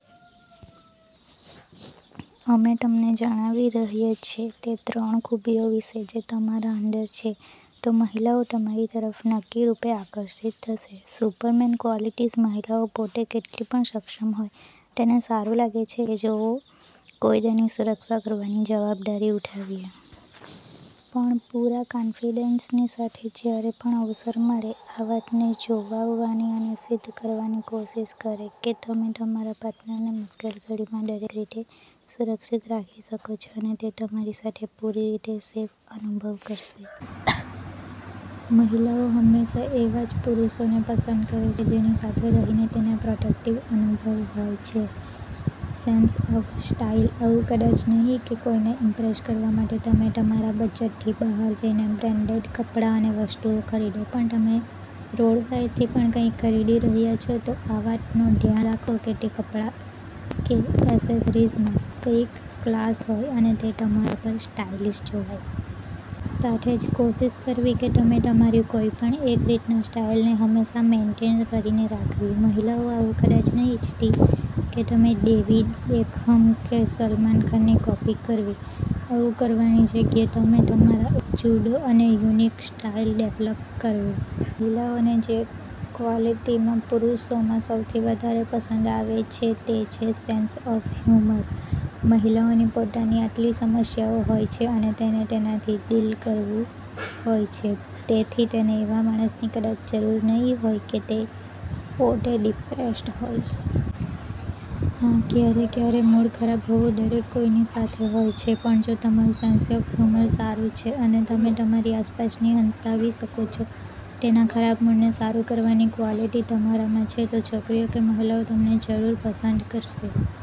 અમે તમને જણાવી રહ્ય છે તે ત્રણ ખૂબીઓ વિશે જે તમારા અંદર છે તો મહિલાઓ તમારી તરફ નક્કી રૂપે આકર્ષિત થશે. સુપરમેન ક્વાલિટીજ મહિલાઓ પોતે કેટલી પણ સક્ષમ હોય તેને સારું લાગે છે કે જોએ કોઈ તેની સુરક્ષા કરવાની જવાબદારી ઉઠાવીએ. પણ પૂરા કાંફીડેંસની સાથે જ્યારે પણ અવસર મળે આ વાતને જોવાવવાની અને સિદ્ધ કરવાની કોશિશ કરે કે તમે તમારા પાર્ટનરને મુશ્કેલ ઘડીમાં દરેક રીતે સુરક્ષિત રાખી શકો છો અને તે તમારી સાથે પૂરી રીતે સેફ અનુભવ કરશે. મહિલાઓ હમેશા એવા જ પુરૂષોને પસંદ કરે છે જેની સાથે રહીને તેને પ્રોટેક્ટિવ અનુભવ હોય છે. સેંસ ઑફ સ્ટાઈલ આવું કદાચ નહી કે કોઈને ઈમ્પ્રેસ કરવા માટે તમે તમારા બજટથી બહાર જઈને બ્રેંડેડ કપડા અને વસ્તુઓ ખરીદો પણ તમે રોડસાઈડથી પણ કઈક ખરીદી રહ્યા છો તો આ વાતનો ધ્યાન રાખો કે તે કપડા કે એસેસરીજમાં કઈક ક્લાસ હોય અને તે તમારા પર સ્ટાઈલિશ જોવાય. સાથે જ કોશિશ કરવી કે તમે તમારી કોઈ પણ એક રીતના સ્ટાઈલને હમેશા મેનટેન કરીને રાખવી. મહિલાઓ આવું કદાચ નહી ઈચ્છતી કે તમે ડેવિડ બેકહમ કે સલમાન ખાનની કૉપી કરવી. આવું કરવાની જગ્યા તમે તમારા એક જુદો અને યુનિક સ્ટાઈલ ડેવલપ કરવું. મહિલાઓને જે ક્વાલિટી પુરૂષોમાં સૌથી વધારે પસંદ આવે છે તે છે સેંસ ઑફ હ્યૂમર. મહિલાઓની પોતાની આટલી સમસ્યાઓ હોય છે અને તેને તેનાથી ડીલ કરવું હોય છે. તેથી તેને એવા માણસની કદાચ જરૂર નહી હોય છે કે પોતે ડિપ્રેસ્ડ હોય. હા ક્યારે કયારે મૂડ ખરાબ હોવું દરેક કોઈની સાથે હોય છે. પણ જો તમારું સેંસ ઑફ હ્યૂમર સારું છે અને તમે તમારી આસપાસને હંસાવી શકો છો, તેના ખરાબ મૂડને સારું કરવાની ક્વાલિટી તમારામાં છે તો છોકરીઓ કે મહિલાઓ તમને જરૂર પસંદ કરશે.